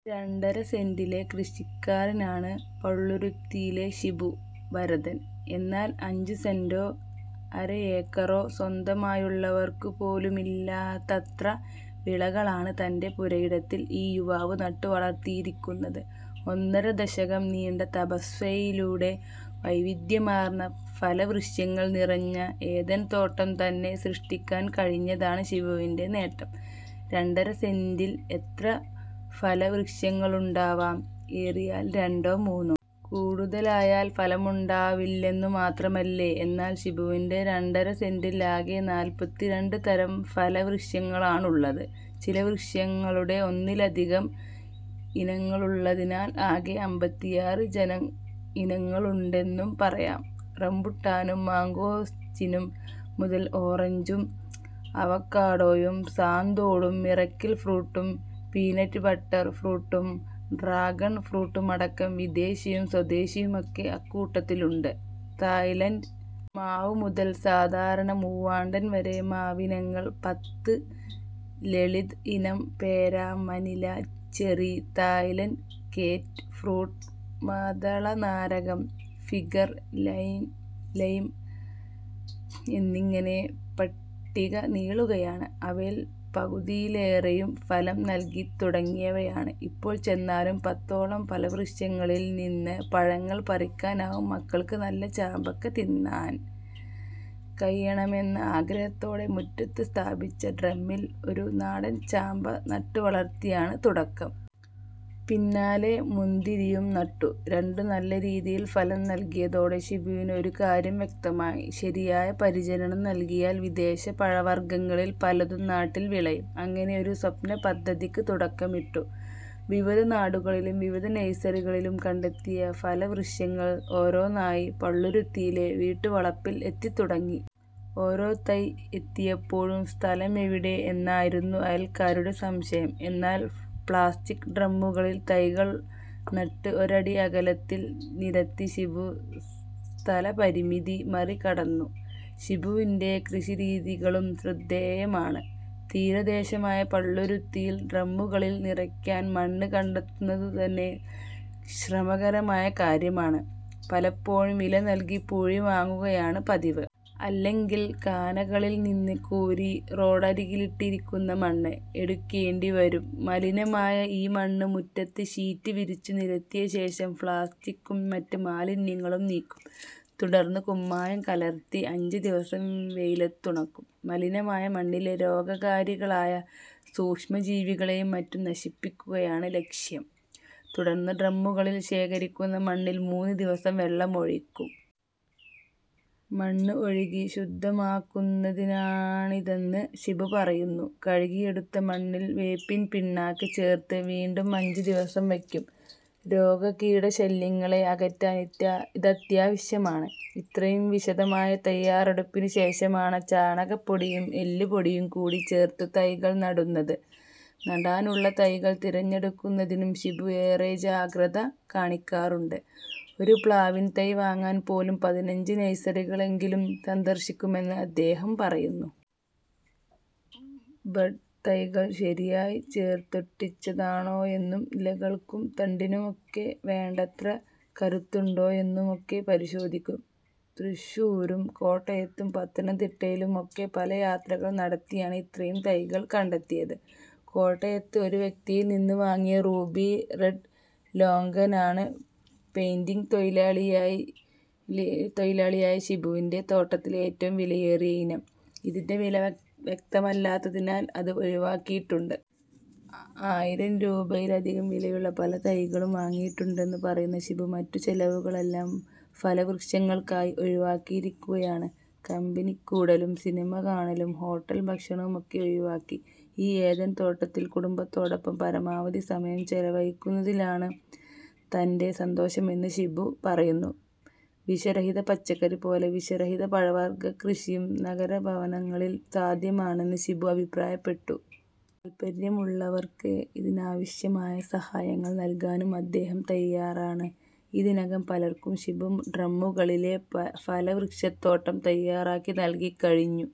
രണ്ടര സെന്റിലെ കൃഷിക്കാരനാണ് പള്ളുരുത്തിയിലെ ഷിബു ഭരതൻ. എന്നാൽ അഞ്ചുസെന്റോ അരയേക്കറോ സ്വന്തമായുള്ളവർക്കുപോലുമില്ലാത്തത്ര വിളകളാണ് തന്റെ പുരയിടത്തിൽ ഈ യുവാവ് നട്ടുവളർത്തിയിരിക്കുന്നത്. ഒന്നര ദശകം നീണ്ട തപസ്യയിലൂടെ വൈവിധ്യമാർന്ന ഫലവൃക്ഷങ്ങൾ നിറഞ്ഞ ഏദൻതോട്ടംതന്നെ സൃഷ്ടിക്കാൻ കഴിഞ്ഞതാണ് ഷിബുവിന്റെ നേട്ടം. രണ്ടര സെന്റിൽ എത്ര ഫലവൃക്ഷങ്ങളുണ്ടാവാം. ഏറിയാൽ രണ്ടോ മൂന്നോ. കൂടുതലായാൽ ഫലമുണ്ടാവില്ലെന്നു മാത്രമല്ലേ. എന്നാൽ ഷിബുവിന്റെ രണ്ടര സെന്റിൽ ആകെ നാൽപ്പത്തിരണ്ട് തരം ഫലവൃക്ഷങ്ങളാണുള്ളത്. ചില വൃക്ഷങ്ങളുടെ ഒന്നിലധികം ഇനങ്ങളുള്ളതിനാൽ ആകെ അമ്പത്തിയാറ് ജന ഇനങ്ങളുണ്ടെന്നും പറയാം. റംബുട്ടാനും മംഗോസ്റ്റിനും മുതൽ ഓറഞ്ചും അവക്കാഡോയും സാന്തോളും മിറക്കിൾ ഫ്രൂട്ടും പീനട്ട് ബട്ടർ ഫ്രൂട്ടും ഡ്രാഗൺ ഫ്രൂട്ടുമടക്കം വിദേശിയും സ്വദേശിയുമൊക്കെ അക്കൂട്ടത്തിലുണ്ട്. തായ്‌ലൻഡ് മാവ് മുതൽ സാധാരണ മൂവാണ്ടൻ വരെ മാവിനങ്ങൾ പത്ത്. ലളിത് ഇനം പേര, മനില ചെറി, തായ്‌ലൻഡ് കേറ്റ് ഫ്രൂട്ട്, മാതളനാരകം, ഫിഗർ ലൈ ലൈം എന്നിങ്ങനെ പട്ടിക നീളുകയാണ്. അവയിൽ പകുതിയിലേറെയും ഫലം നൽകിത്തുടങ്ങിയവയാണ്. ഇപ്പോൾ ചെന്നാലും പത്തോളം ഫലവൃക്ഷങ്ങളിൽനിന്ന് പഴങ്ങൾ പറിക്കാനാവും. മക്കൾക്ക് നല്ല ചാമ്പങ്ങ തിന്നാൻ കഴിയണമെന്ന ആഗ്രഹത്തോടെ മുറ്റത്ത് സ്ഥാപിച്ച ഡ്രമ്മിൽ ഒരു നാടൻ ചാമ്പ നട്ടുവളർത്തിയാണ് തുടക്കം. പിന്നാലെ മുന്തിരിയും നട്ടു. രണ്ടും നല്ല രീതിയിൽ ഫലം നൽകിയതോടെ ഷിബുവിന് ഒരു കാര്യം വ്യക്തമായി. ശരിയായ പരിചരണം നൽകിയാൽ വിദേശ പഴവർഗങ്ങളിൽ പലതും നാട്ടിൽ വിളയും. അങ്ങനെ ഒരു സ്വപ്നപദ്ധതിക്ക് തുടക്കമിട്ടു. വിവിധ നാടുകളിലും വിവിധ നഴ്സറികളിലും കണ്ടെത്തിയ ഫലവൃക്ഷങ്ങൾ ഓരോന്നായി പള്ളുരുത്തിയിലെ വീട്ടുവളപ്പിൽ എത്തിത്തുടങ്ങി. ഓരോ തൈ എത്തിയപ്പോഴും സ്ഥലമെവിടെ എന്നായിരുന്നു അയൽക്കാരുടെ സംശയം. എന്നാൽ പ്ലാസ്റ്റിക് ഡ്രമ്മുകളിൽ തൈകൾ നട്ട് ഒരടി അകലത്തിൽ നിരത്തി ഷിബു സ്ഥലപരിമിതി മറികടന്നു. ഷിബുവിന്റെ കൃഷിരീതികളും ശ്രദ്ധേയമാണ്. തീരദേശമായ പള്ളുരുത്തിയിൽ ഡ്രമ്മുകളിൽ നിറയ്ക്കാൻ മണ്ണ് കണ്ടെത്തുന്നതുതന്നെ ശ്രമകരമായ കാര്യമാണ്. പലപ്പോഴും വില നൽകി പൂഴി വാങ്ങുകയാണ് പതിവ്. അല്ലെങ്കിൽ കാനകളിൽനിന്ന് കോരി റോഡരികിലിട്ടിരിക്കുന്ന മണ്ണ് എടുക്കേണ്ടിവരും. മലിനമായ ഈ മണ്ണ് മുറ്റത്ത് ഷീറ്റ് വിരിച്ചു നിരത്തിയശേഷം പ്ലാസ്റ്റിക്കും മറ്റ് മാലിന്യങ്ങളും നീക്കും. തുടർന്ന് കുമ്മായം കലർത്തി അഞ്ച് ദിവസം വെയിലത്തുണങ്ങും. മലിനമായ മണ്ണിലെ രോഗകാരികളായ സൂക്ഷ്മജീവികളെയും മറ്റും നശിപ്പിക്കുകയാണ് ലക്ഷ്യം. തുടർന്ന് ഡ്രമ്മുകളിൽ ശേഖരിക്കുന്ന മണ്ണിൽ മൂന്ന് ദിവസം വെള്ളമൊഴിക്കും. മണ്ണ് ഒഴുകി ശുദ്ധമാക്കുന്നതിനാണിതെന്ന് ഷിബു പറയുന്നു. കഴുകിയെടുത്ത മണ്ണിൽ വേപ്പിൻപിണ്ണാക്ക് ചേർത്ത് വീണ്ടും അഞ്ച് ദിവസം വയ്ക്കും. രോഗകീടശല്യങ്ങളെ അകറ്റാൻ ഇത ഇതാവശ്യമാണ്. ഇത്രയും വിശദമായ തയാറെടുപ്പിനുശേഷമാണ് ചാണകപ്പൊടിയും എല്ലുപൊടിയും കൂടി ചേർത്ത് തൈകൾ നടുന്നത്. നടാനുള്ള തൈകൾ തിരഞ്ഞെടുക്കുന്നതിനും ഷിബു ഏറെ ജാഗ്രത കാണിക്കാറുണ്ട്. ഒരു പ്ലാവിൻതൈ വാങ്ങാൻ പോലും പതിനഞ്ച് നഴ്സറികളെങ്കിലും സന്ദർശിക്കുമെന്ന് അദ്ദേഹം പറയുന്നു. ബഡ് തൈകൾ ശരിയായി ചേർത്തൊട്ടിച്ചതാണോയെന്നും ഇലകൾക്കും തണ്ടിനുമൊക്കെ വേണ്ടത്ര കരുത്തുണ്ടോയെന്നുമൊക്കെ പരിശോധിക്കും. തൃശ്ശൂരും കോട്ടയത്തും പത്തനംതിട്ടയിലുമൊക്കെ പല യാത്രകൾ നടത്തിയാണ് ഇത്രയും തൈകൾ കണ്ടെത്തിയത്. കോട്ടയത്ത് ഒരു വ്യക്തിയിൽനിന്ന് വാങ്ങിയ റൂബി റെഡ് ലോംഗനാണ് പെയിന്റിങ് തൊഴിലാളിയായി തൊഴിലാളിയായി ഷിബുവിന്റെ തോട്ടത്തിലെ ഏറ്റവും വിലയേറിയ ഇനം. ഇതിന്റെ വില വ്യക്തമല്ലാത്തതിനാൽ അത് ഒഴിവാക്കിയിട്ടുണ്ട്. ആ ആയിരം രൂപയിലധികം വിലയുള്ള പല തൈകളും വാങ്ങിയിട്ടുണ്ടെന്ന് പറയുന്ന ഷിബു മറ്റു ചെലവുകളെല്ലാം ഫലവൃക്ഷങ്ങൾക്കായി ഒഴിവാക്കിയിരിക്കുകയാണ്. കമ്പനിക്കൂടലും സിനിമ കാണലും ഹോട്ടൽ ഭക്ഷണവുമൊക്കെ ഒഴിവാക്കി ഈ ഏദൻതോട്ടത്തിൽ കുടുംബത്തോടൊപ്പം പരമാവധി സമയം ചെലവഴിക്കുന്നതിലാണ് തന്റെ സന്തോഷമെന്ന് ഷിബു പറയുന്നു. വിഷരഹിത പച്ചക്കറി പോലെ വിഷരഹിത പഴവർഗക്കൃഷിയും നഗരഭവനങ്ങളിൽ സാധ്യമാണെന്ന് ഷിബു അഭിപ്രായപ്പെട്ടു. താൽപര്യമുള്ളവർക്ക് ഇതിനാവശ്യമായ സഹായങ്ങൾ നൽകാനും അദ്ദേഹം തയാറാണ്. ഇതിനകം പലർക്കും ഷിബു ഡ്രമ്മുകളിലെ പ ഫലവൃക്ഷത്തോട്ടം തയാറാക്കി നൽകിക്കഴി